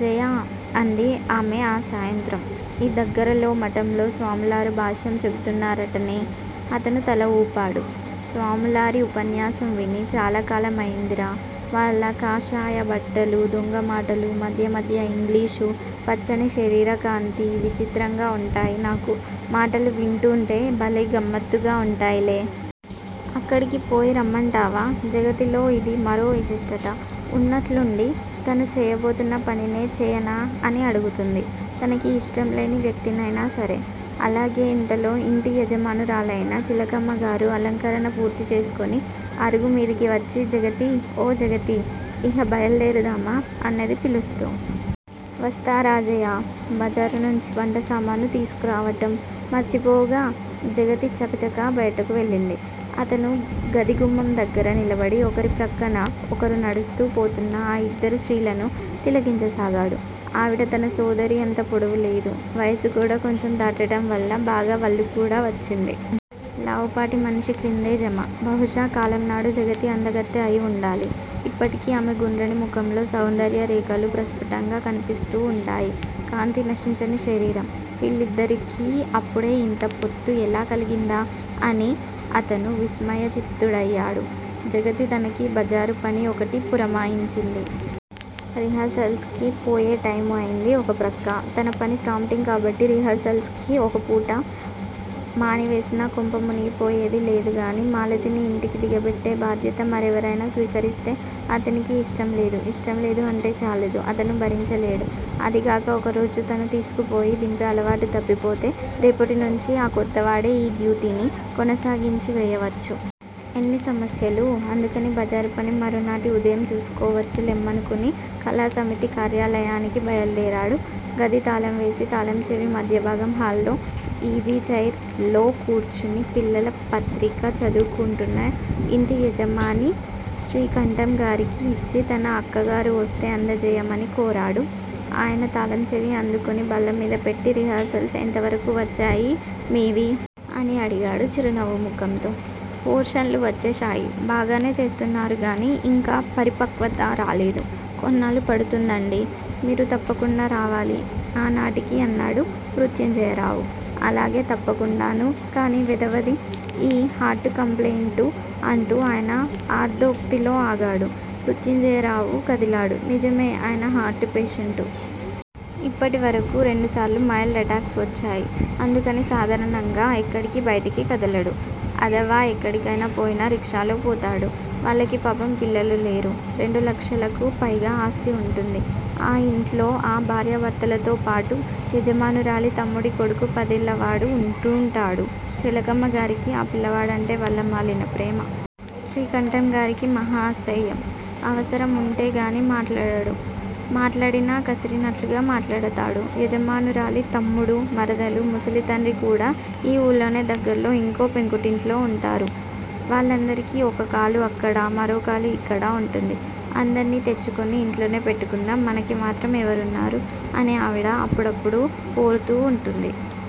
జయా! అంది ఆమె ఆ సాయంత్రం. ఈ దగ్గరలో మఠంలో స్వాములారు భాష్యం చెబుతున్నారటనే. అతను తల వూపాడు. స్వాములారి ఉపన్యాసం విని చాలాకాలమయిందిరా. వాళ్ళ కాషాయ బట్టలూ, దొంగమాటలూ, మధ్యమధ్య యింగ్లీషూ, పచ్చని శరీరకాంతీ విచిత్రంగా వుంటాయి నాకు. మాటలు వింటూంటే భలే గమ్మత్తుగా వుంటాయిలే. అక్కడికి పోయిరమ్మంటావా? జగతిలో యిది మరో విశిష్టత. ఉన్నట్లుండి తను చేయబోతున్న పనినే చేయనా అని అడుగుతుంది. తనకి యిష్టంలేని వ్యక్తినైనాసరే. అలాగే ఇంతలో యింటి యజమానురాలయిన చిలకమ్మగారు అలంకరణ పూర్తి చేసుకుని అరుగుమీదికి వచ్చి జగతీ! ఓ జగతీ! ఇహ బయల్దేరుదామా? అన్నది పిలుస్తూ. వస్తారా జయా! బజారునుంచి వంటసామాను తీసుకురావటం మరిచిపోవుగా? జగతి చకచకా బయటకు వెళ్ళింది. అతను గదిగుమ్మం దగ్గర నిలబడి ఒకరి ప్రక్కన ఒకరు నడుస్తూ పోతున్న ఆ యిద్దరు స్త్రీలనూ తిలకించసాగాడు. ఆవిడ తన సోదరి అంత పొడవులేదు. వయసుకూడా కొంచెం దాటటంవల్ల బాగా వళ్లుకూడా వచ్చింది. లావుపాటి మనిషిక్రిందే జమ. బహుశా కాలంనాడు జగతి అందగత్తె అయివుండాలి. ఇప్పటికి ఆమె గుండ్రని ముఖంలో సౌందర్యరేఖలు ప్రస్ఫుటంగా కనిపిస్తూ వుంటాయి. కాంతి నశించని శరీరం. వీళ్ళిద్దరికీ అప్పుడే యింత పొత్తు ఎలా కలిగిందా అని అతను విస్మయచిత్తుడయాడు. జగతి తనకి బజారుపని ఒకటి పురమాయించింది. రిహార్సల్సుకి పోయే టైము అయింది ఒకప్రక్క. తనపని ప్రాంప్టింగ్ కాబట్టి రిహార్సల్సుకి ఒకపూట మానివేసినా కొంప మునిగిపోయేది లేదుగాని, మాలతిని యింటికి దిగబెట్టే బాధ్యత మరెవరైనా స్వీకరిస్తే? అతనికి యిష్టంలేదు. ఇష్టంలేదు అంటే చాలదు. అతను భరించలేడు. అదిగాక ఒకరోజు తను తీసుకుపోయి దింపే అలవాటు తప్పిపోతే, రేపటినుంచీ ఆ కొత్తవాడే ఈ డ్యూటీని కొనసాగించివేయవచ్చు. ఎన్ని సమస్యలూ. అందుకని బజారుపని మరునాటి ఉదయం చూసుకోవచ్చు లెమ్మనుకుని కళాసమితి కార్యాలయానికి బయలుదేరాడు. గది తాళంవేసి, తాళంచెవి మధ్యభాగం హాల్లో యీజీచైర్ లో కూర్చుని పిల్లల పత్రిక చదువుకుంటూన్న యింటియజమాని శ్రీకంఠంగారికి యిచ్చి తన అక్కగారు వొస్తే అందజెయ్యమని కోరాడు. ఆయన తాళంచెవి అందుకుని బల్లమీదపెట్టి రిహార్సల్స్ ఎంతవరకూ వచ్చాయి మీవి? అని అడిగాడు చిరునవ్వు ముఖంతో. పోర్షన్లు వచ్చేశాయి. బాగానే చేస్తున్నారుగానీ యింకా పరిపక్వత రాలేదు. కొన్నాళ్ళు పడుతుందండీ. మీరు తప్పకుండా రావాలి ఆనాటికి అన్నాడు మృత్యుంజయరావు. అలాగే తప్పకుండానూ, కాని వెధవది ఈ హార్టుకంప్లెయింటు అంటూ ఆయన ఆర్దోక్తిలో ఆగాడు. మృత్యుంజయరావు కదిలాడు. నిజమే, ఆయన హార్టు పేషెంటు. ఇప్పటివరకూ రెండుసార్లు మైల్డ్ ఎటాక్స్ వచ్చాయి. అందుకని సాధారణంగా ఎక్కడికీ బయటికి కదలడు. అధవా ఎక్కడికైనా పోయినా రిక్షాలో పోతాడు. వాళ్ళకి పాపం పిల్లలులేరు. రెండులక్షలకు పైగా ఆస్తివుంటుంది. ఆ యింట్లో ఆ భార్యాభర్తలతోపాటు యజమానురాలి తమ్ముడి కొడుకు పదేళ్ళవాడు వుంటూంటాడు. చిలకమ్మగారికి ఆ పిల్లవాడంటే వల్లమాలిన ప్రేమ. శ్రీకంఠంగారికి మహా అసహ్యం. అవసరం వుంటేనేగాని మాట్లాడడు. మాట్లాడినా కసిరినట్లుగా మాట్లాడతాడు. యజమానురాలి తమ్ముడూ, మరదలూ, ముసలితండ్రికూడా యీ ఊళ్ళోనే దగ్గర్లో యింకో పెంకుటింట్లో వుంటారు. వాళ్ళందరికీ ఒకకాలు అక్కడా, మరోకాలు యిక్కడా వుంటుంది. అందర్నీ తెచ్చుకుని యింట్లోనే పెట్టుకుందాం, మనకిమాత్రం ఎవరున్నారు? అని ఆవిడ అప్పుడప్పుడూ పోరుతూ వుంటుంది.